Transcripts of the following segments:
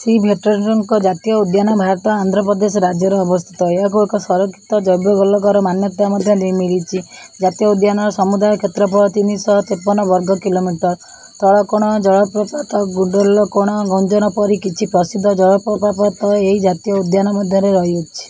ଶ୍ରୀ ଭେଙ୍କଟେଶ୍ୱର ଜାତୀୟ ଉଦ୍ୟାନ ଭାରତର ଆନ୍ଧ୍ର ପ୍ରଦେଶ ରାଜ୍ୟରେ ଅବସ୍ଥିତ। ଏହାକୁ ଏକ ସଂରକ୍ଷିତ ଜୈବଗୋଲକର ମାନ୍ୟତା ମଧ୍ୟ ମିଳିଛି। ଜାତୀୟ ଉଦ୍ୟାନର ସମୁଦାୟ କ୍ଷେତ୍ରଫଳ ତିନି ଶହ ତେପନ ବର୍ଗ କିଲୋମିଟର। ତଳକୋଣ ଜଳପ୍ରପାତ, ଗୁଣ୍ଡଲକୋଣ, ଗୁଞ୍ଜନା ପରି କିଛି ପ୍ରସିଦ୍ଧ ଜଳପ୍ରପାତ ଏହି ଜାତୀୟ ଉଦ୍ୟାନ ମଧ୍ୟରେ ରହିଛନ୍ତି।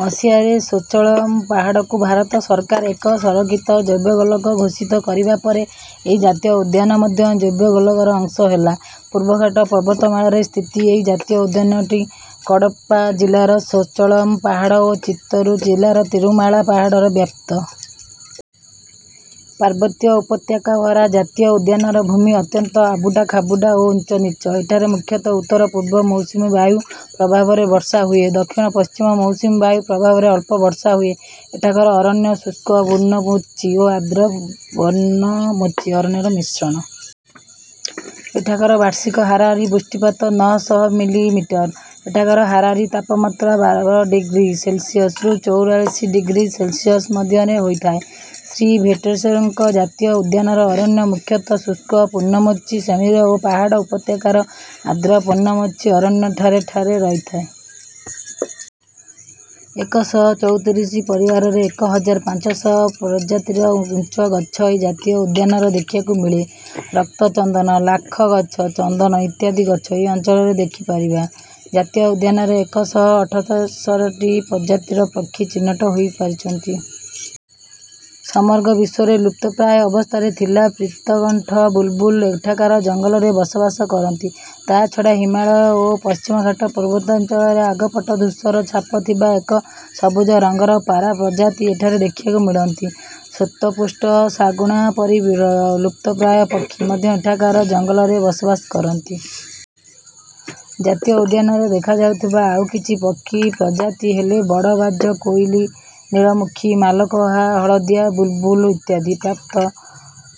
ମସିହାରେ ସୋଚଳମ୍ ପାହାଡ଼କୁ ଭାରତ ସରକାର ଏକ ସଂରକ୍ଷିତ ଜୈବଗୋଲକ ଘୋଷିତ କରିବା ପରେ ଏହି ଜାତୀୟ ଉଦ୍ୟାନ ମଧ୍ୟ ଜୈବଗୋଲକର ଅଂଶ ହେଲା। ପୂର୍ବଘାଟ ପର୍ବତମାଳାରେ ସ୍ଥିତ ଏହି ଜାତୀୟ ଉଦ୍ୟାନଟି କଡ଼ପ୍ପା ଜିଲ୍ଲାର ସୋଚଳମ୍ ପାହାଡ଼ ଓ ଚିତ୍ତୁର ଜିଲ୍ଲାର ତିରୁମାଳା ପାହାଡ଼ରେ ବ୍ୟାପ୍ତ। ପାର୍ବତୀୟ ଉପତ୍ୟକାଭରା ଜାତୀୟ ଉଦ୍ୟାନର ଭୂମି ଅତ୍ୟନ୍ତ ଆବୁଡ଼ାଖାବୁଡ଼ା ଓ ଉଚ୍ଚନୀଚ। ଏଠାରେ ମୁଖ୍ୟତଃ ଉତ୍ତର-ପୂର୍ବ ମୌସୁମୀ ବାୟୁ ପ୍ରଭାବରେ ବର୍ଷା ହୁଏ ଓ ଦକ୍ଷିଣ-ପଶ୍ଚିମ ମୌସୁମୀ ବାୟୁ ପ୍ରଭାବରେ ଅଳ୍ପ ବର୍ଷା ହୁଏ। ଏଠାକାର ଅରଣ୍ୟ ଶୁଷ୍କ ପର୍ଣ୍ଣମୋଚୀ ଓ ଆର୍ଦ୍ର ପର୍ଣ୍ଣମୋଚୀ ଅରଣ୍ୟର ମିଶ୍ରଣ। ଏଠାକାର ବାର୍ଷିକ ହାରାହାରି ବୃଷ୍ଟିପାତ ନଅ ଶହ ମିଲିମିଟର। ଏଠାକାର ହାରାହାରି ତାପମାତ୍ରା ବାର ଡିଗ୍ରୀ ସେଲ୍ସିୟସ୍‌ରୁ ଚଉରାଳିଶ ଡିଗ୍ରୀ ସେଲ୍ସିୟସ୍ ମଧ୍ୟରେ ହୋଇଥାଏ। ଶ୍ରୀ ଭେଙ୍କଟେଶ୍ୱର ଜାତୀୟ ଉଦ୍ୟାନର ଅରଣ୍ୟ ମୁଖ୍ୟତଃ ଶୁଷ୍କ ପର୍ଣ୍ଣମୋଚୀ ଶ୍ରେଣୀର ଓ ପାହାଡ଼ ଉପତ୍ୟକାରେ ଆର୍ଦ୍ର ପର୍ଣ୍ଣମୋଚୀ ଅରଣ୍ୟ ଠାଏ ଠାଏ ରହିଥାଏ। ଏକ ଶହ ଚଉସ୍ତରୀଟି ପରିବାରର ଏକ ହଜାର ପାଞ୍ଚ ଶହ ପ୍ରଜାତିର ଉଚ୍ଚ ଗଛ ଏହି ଜାତୀୟ ଉଦ୍ୟାନରେ ଦେଖିବାକୁ ମିଳେ। ରକ୍ତଚନ୍ଦନ, ଲାଖ ଗଛ, ଚନ୍ଦନ ଇତ୍ୟାଦି ଗଛ ଏହି ଅଞ୍ଚଳରେ ଦେଖିପାରିବା। ଜାତୀୟ ଉଦ୍ୟାନରେ ଏକ ଶହ ଅଠସ୍ତରୀଟି ପ୍ରଜାତିର ପକ୍ଷୀ ଚିହ୍ନଟ ହୋଇପାରିଛନ୍ତି। ସମଗ୍ର ବିଶ୍ୱରେ ଲୁପ୍ତପ୍ରାୟ ଅବସ୍ଥାରେ ଥିବା ପୀତକଣ୍ଠ ବୁଲ୍‌ବୁଲ୍ ଏଠାକାର ଜଙ୍ଗଲରେ ବସବାସ କରନ୍ତି। ତାହା ଛଡ଼ା ହିମାଳୟ ଓ ପଶ୍ଚିମଘାଟ ପର୍ବତାଞ୍ଚଳରେ ଆଗପଟେ ଧୂସର ଛାପ ଥିବା ଏକ ସବୁଜ ରଙ୍ଗର ପାରା ପ୍ରଜାତି ଏଠାରେ ଦେଖିବାକୁ ମିଳନ୍ତି। ଶ୍ୱେତପୃଷ୍ଠ ଶାଗୁଣା ପରି ବିରଳ ଓ ଲୁପ୍ତପ୍ରାୟ ପକ୍ଷୀ ମଧ୍ୟ ଏଠାକାର ଜଙ୍ଗଲରେ ବସବାସ କରନ୍ତି। ଜାତୀୟ ଉଦ୍ୟାନରେ ଦେଖାଯାଉଥିବା ଆଉ କିଛି ପକ୍ଷୀ ପ୍ରଜାତି ହେଲେ ବଡ଼ ବାଜ-କୋକିଲ, ନୀଳମୁଖୀ ମାଲକୋହା ଓ ହଳଦିଆ ବୁଲ୍‌ବୁଲ୍ ଇତ୍ୟାଦି। ପ୍ରାୟ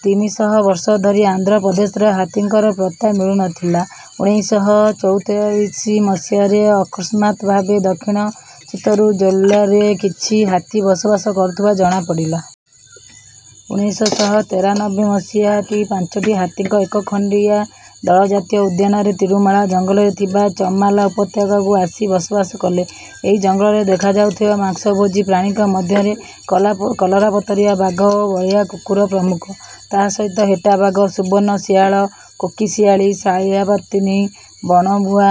ତିନି ଶହ ବର୍ଷ ଧରି ଆନ୍ଧ୍ର ପ୍ରଦେଶରେ ହାତୀଙ୍କର ପତ୍ତା ମିଳୁ ନ ଥିଲା। ଉଣେଇଶ ଶହ ଚଉରାଅଶୀ ମସିହାରେ ଅକସ୍ମାତ୍ ଭାବେ ଦକ୍ଷିଣ ଚିତ୍ତୁର ଜିଲ୍ଲାରେ କିଛି ହାତୀ ବସବାସ କରୁଥିବା ଜଣାପଡ଼ିଲା। ଉଣେଇଶ ଶହ ତେରାନବେ ମସିହାରେ ପାଞ୍ଚଟି ହାତୀଙ୍କ ଏକ ଖଣ୍ଡିଆ ଦଳ ଜାତୀୟ ଉଦ୍ୟାନର ତିରୁମାଳା ଜଙ୍ଗଲରେ ଥିବା ଚମାଲା ଉପତ୍ୟକାକୁ ଆସି ବସବାସ କଲେ। ଏହି ଜଙ୍ଗଲରେ ଦେଖାଯାଉଥିବା ମାଂସଭୋଜୀ ପ୍ରାଣୀଙ୍କ ମଧ୍ୟରେ କଲରାପତରିଆ ବାଘ ଓ ବଳିଆ କୁକୁର ପ୍ରମୁଖ। ତା’ ସହିତ ହେଟା ବାଘ, ସୁବର୍ଣ୍ଣ ଶିଆଳ, କୋକିଶିଆଳୀ, ଶାଳିଆପତିନି, ବଣଭୁଆ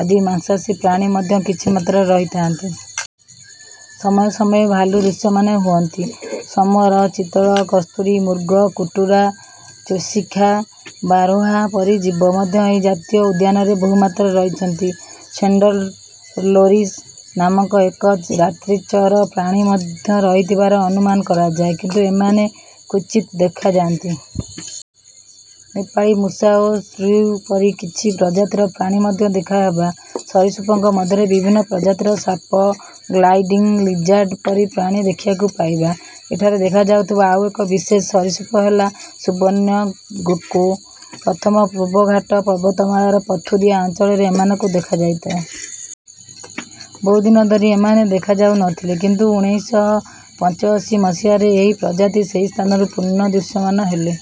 ଆଦି ମାଂସାଶୀ ପ୍ରାଣୀ ମଧ୍ୟ କିଛି ମାତ୍ରାରେ ରହିଛନ୍ତି। ସମୟେ ସମୟେ ଭାଲୁ ଦୃଶ୍ୟମାନ ହୁଅନ୍ତି। ସମ୍ବର, ଚିତଲ୍, କସ୍ତୁରୀ ମୃଗ, କୁଟୁରା, ଚୌଶିଙ୍ଘା, ବାର୍‌ହା ପରି ଜୀବ ମଧ୍ୟ ଏହି ଜାତୀୟ ଉଦ୍ୟାନରେ ବହୁ ମାତ୍ରାରେ ରହିଛନ୍ତି। ସ୍ଲେଣ୍ଡର୍ ଲୋରିସ୍ ନାମକ ଏକ ରାତ୍ରିଚର ପ୍ରାଣୀ ମଧ୍ୟ ରହିଥିବାର ଅନୁମାନ କରାଯାଏ କିନ୍ତୁ ଏମାନେ କ୍ୱଚିତ୍ ଦେଖାଯାନ୍ତି। ନେପାଳୀ ମୂଷା ଓ ଶ୍ର୍ୟୁ ପରି କିଛି ପ୍ରଜାତିର ପ୍ରାଣୀ ମଧ୍ୟ ଦେଖିହେବ। ସରୀସୃପଙ୍କ ମଧ୍ୟରେ ବିଭିନ୍ନ ପ୍ରଜାତିର ସାପ ଓ ଗ୍ଲାଇଡିଂ ଲିଜାର୍ଡ୍ ପରି ପ୍ରାଣୀ ଦେଖିବାକୁ ପାଇବା। ଏଠାରେ ଦେଖାଯାଉଥିବା ଆଉ ଏକ ବିଶେଷ ସରୀସୃପ ହେଲା ସୁବର୍ଣ୍ଣ ଗେକୋ। ପ୍ରଥମେ ପୂର୍ବଘାଟ ପର୍ବତମାଳାର ପଥୁରିଆ ଅଞ୍ଚଳରେ ଏମାନଙ୍କୁ ଦେଖାଯାଇଥିଲା। ବହୁ ଦିନ ଧରି ଏମାନେ ଦେଖାଯାଉ ନ ଥିଲେ କିନ୍ତୁ ଉଣେଇଶ ଶହ ପଞ୍ଚାଅଶୀ ମସିହାରେ ଏହି ପ୍ରଜାତି ସେହି ସ୍ଥାନରେ ପୁନଃ ଦୃଶ୍ୟମାନ ହେଲେ।